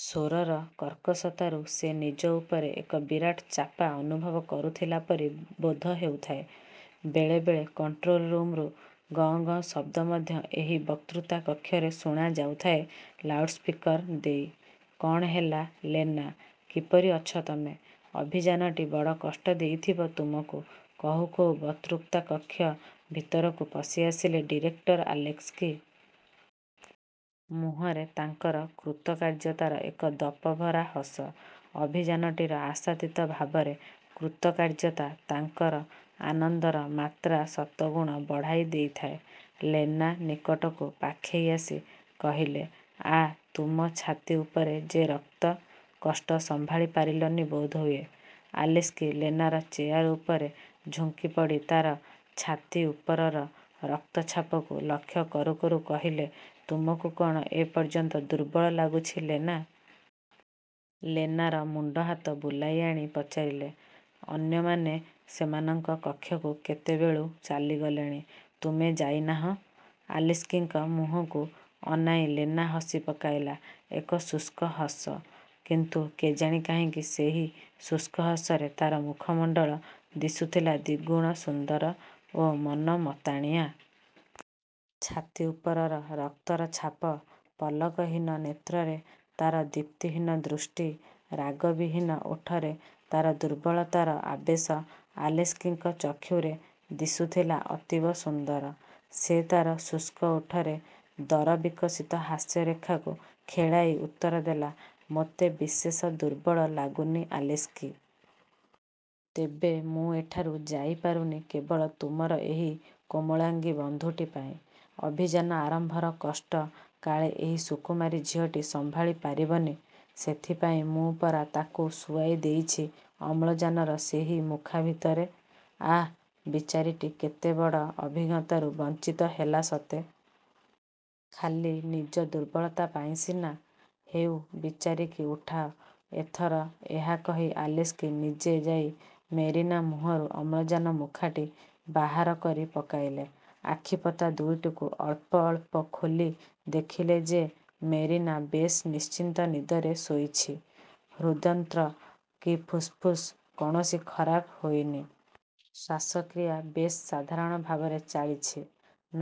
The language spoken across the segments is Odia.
ସ୍ୱରର କର୍କଶତାରୁ ସେ ନିଜ ଉପରେ ଏକ ବିରାଟ ଚାପା ଅନୁଭବ କରୁଥିଲାପରି ବୋଧ ହେଉଥାଏ। ବେଳେବେଳେ କଣ୍ଟ୍ରୋଲ ରୁମ୍ରୁ ଗଁ ଗଁ ଶବ୍ଦ ମଧ୍ୟ ଏହି ବକ୍ତୃତା କକ୍ଷରେ ଶୁଣାଯାଉଥାଏ ଲାଉଡ଼୍ସ୍ପିକର୍ ଦେଇ। ''କ'ଣ ହେଲା ଲେନା, କିପରି ଅଛ ତମେ? ଅଭିଯାନଟି ବଡ଼ କଷ୍ଟ ଦେଇଥିବ ତୁମକୁ '' କହୁ କହୁ ବକ୍ତୃତା କକ୍ଷ ଭିତରକୁ ପଶିଆସିଲେ ଡିରେକ୍ଟର ଆଲେସ୍କି। ମୁହଁରେ ତାଙ୍କର କୃତକାର୍ଯ୍ୟତାର ଏକ ଦପଭରା ହସ। ଅଭିଯାନଟିର ଆଶାତୀତ ଭାବରେ କୃତକାର୍ଯ୍ୟତା ତାଙ୍କର ଆନନ୍ଦର ମାତ୍ରା ଶତଗୁଣ ବଢ଼ାଇ ଦେଇଥାଏ। ଲେନା ନିକଟକୁ ପାଖେଇ ଆସି କହିଲେ, ''ଆ, ତୁମ ଛାତି ଉପରେ ଯେ ରକ୍ତ? କଷ୍ଟ ସମ୍ଭାଳି ପାରିଲନି ବୋଧହୁଏ। '' ଆଲେସ୍କି ଲେନାର ଚେୟାର ଉପରେ ଝୁଙ୍କି ପଡ଼ି ତାର ଛାତି ଉପରର ରକ୍ତଛାପକୁ ଲକ୍ଷ୍ୟ କରୁ କରୁ କହିଲେ, ''ତୁମକୁ କ'ଣ ଏପର୍ଯ୍ୟନ୍ତ ଦୁର୍ବଳ ଲାଗୁଛି ଲେନା? '' ଲେନାର ମୁଣ୍ଡ ହାତ ବୁଲାଇଆଣି ପଚାରିଲେ, ''ଅନ୍ୟମାନେ ସେମାନଙ୍କ କକ୍ଷକୁ କେତେବେଳୁ ଚାଲିଗଲେଣି। ତୁମେ ଯାଇ ନାହଁ? '' ଆଲେସ୍କିଙ୍କ ମୁହଁକୁ ଅନାଇ ଲେନା ହସିପକାଇଲା ଏକ ଶୁଷ୍କ ହସ। କିନ୍ତୁ କେଜାଣି କାହିଁକି ସେହି ଶୁଷ୍କ ହସରେ ତାର ମୁଖମଣ୍ଡଳ ଦିଶୁଥିଲା ଦ୍ୱିଗୁଣ ସୁନ୍ଦର ଓ ମନମତାଣିଆ। ଛାତି ଉପରର ରକ୍ତର ଛାପ, ପଲକହୀନ ନେତ୍ରରେ ତାର ଦୀପ୍ତିହୀନ ଦୃଷ୍ଟି, ରାଗବିହୀନ ଓଠରେ ତାର ଦୁର୍ବଳତାର ଆବେଶ ଆଲେସ୍କିଙ୍କ ଚକ୍ଷୁରେ ଦିଶୁଥିଲା ଅତୀବ ସୁନ୍ଦର। ସେ ତା'ର ଶୁଷ୍କ ଓଠରେ ଦରବିକଶିତ ହାସ୍ୟରେଖାକୁ ଖେଳାଇ ଉତ୍ତର ଦେଲା, ''ମୋତେ ବିଶେଷ ଦୁର୍ବଳ ଲାଗୁନି ଆଲେସ୍କି-! ତେବେ ମୁଁ ଏଠାରୁ ଯାଇପାରୁନି କେବଳ ତୁମର ଏହି କୋମଳାଙ୍ଗୀ ବନ୍ଧୁଟି ପାଇଁ। ଅଭିଯାନ ଆରମ୍ଭର କଷ୍ଟ କାଳେ ଏହି ସୁକୁମାରୀ ଝିଅଟି ସମ୍ଭାଳି ପାରିବନି, ସେଥିପାଇଁ ମୁଁ ପରା ତା'କୁ ଶୁଆଇ ଦେଇଛି ଅମ୍ଳଜାନର ସେହି ମୁଖା ଭିତରେ। '' ''ଆଃ, ବିଚାରୀଟି କେତେ ବଡ଼ ଅଭିଜ୍ଞତାରୁ ବଞ୍ଚିତ ହେଲା ସତେ? ଖାଲି ନିଜ ଦୁର୍ବଳତା ପାଇଁ ସିନା। ହେଉ ବିଚାରୀକି ଉଠାଅ ଏଥର''-ଏହା କହି ଆଲେସ୍କି ନିଜେ ଯାଇ ମେରିନା ମୁହଁରୁ ଅମ୍ଳଜାନମୁଖାଟି ବାହାର କରି ପକାଇଲେ। ଆଖିପତା ଦୁଇଟିକୁ ଅଳ୍ପ ଅଳ୍ପ ଖୋଲି ଦେଖିଲେ ଯେ ମେରିନା ବେଶ୍ ନିଶ୍ଚିନ୍ତ ନିଦରେ ଶୋଇଛି। ହୃଦ୍ଯନ୍ତ୍ର କି ଫୁସ୍ଫୁସ୍ କୌଣସି ଖରାପ ହୋଇନି। ଶ୍ୱାସକ୍ରିୟା ବେଶ୍ ସାଧାରଣ ଭାବରେ ଚାଳିଛି।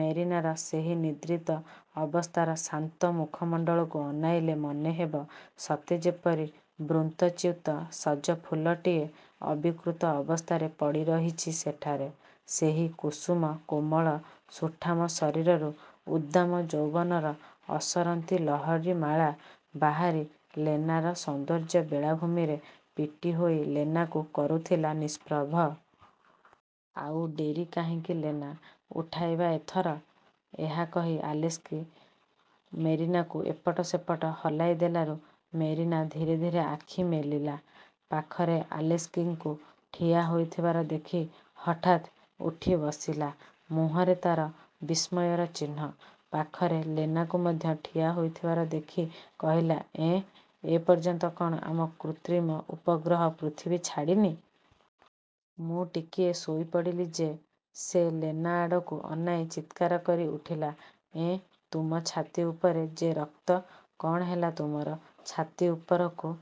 ମେରିନାର ସେହି ନିଦ୍ରିତ ଅବସ୍ଥାର ଶାନ୍ତ ମୁଖମଣ୍ଡଳକୁ ଅନାଇଲେ ମନେ ହେବ, ସତେ ଯେପରି ବୃନ୍ତଚ୍ୟୂତ ସଜ ଫୁଲଟିଏ ଅବିକୃତ ଅବସ୍ଥାରେ ପଡ଼ିରହିଛି ସେଠାରେ। ସେହି କୁସୁମ କୋମଳ ସୁଠାମ ଶରୀରରୁ ଉଦ୍ଦାମ ଯୌବନର ଅସରନ୍ତି ଲହରୀମାଳା ବାହାରି ଲେନାର ସୌନ୍ଦର୍ଯ୍ୟ ବେଳାଭୂମିରେ ପିଟିହୋଇ ଲେନାକୁ କରୁଥିଲା ନିଷ୍ପ୍ରଭ। ''ଆଉ ଡେରି କାହିଁକି ଲେନା? ଉଠାଇବା ଏଥର। ''-ଏହା କହି ଆଲେସ୍କି ମେରିନାକୁ ଏପଟ ସେପଟ ହଲାଇଦେଲାରୁ ମେରିନା ଧୀରେ ଧୀରେ ଆଖି ମେଲିଲା। ପାଖରେ ଆଲେସ୍କିଙ୍କୁ ଠିଆ ହୋଇଥିବାର ଦେଖି ହଠାତ୍ ଉଠି ବସିଲା। ମୁହଁରେ ତା'ର ବିସ୍ମୟର ଚିହ୍ନ। ପାଖରେ ଲେନାକୁ ମଧ୍ୟ ଠିଆ ହୋଇଥିବାର ଦେଖି କହିଲା, ''ଏଁ, ଏପର୍ଯ୍ୟନ୍ତ କ'ଣ ଆମ କୃତ୍ରିମ ଉପଗ୍ରହ ପୃଥିବୀ ଛାଡ଼ିନି? ମୁଁ ଟିକିଏ ଶୋଇ ପଡ଼ିଲି ଯେ। '' ସେ ଲେନା ଆଡ଼କୁ ଅନାଇ ଚିତ୍କାର କରି ଉଠିଲା, 'ଏଁ, ତୁମ ଛାତି ଉପରେ ଯେ ରକ୍ତ? କ'ଣ ହେଲା ତୁମର? ଛାତି ଉପରକୁ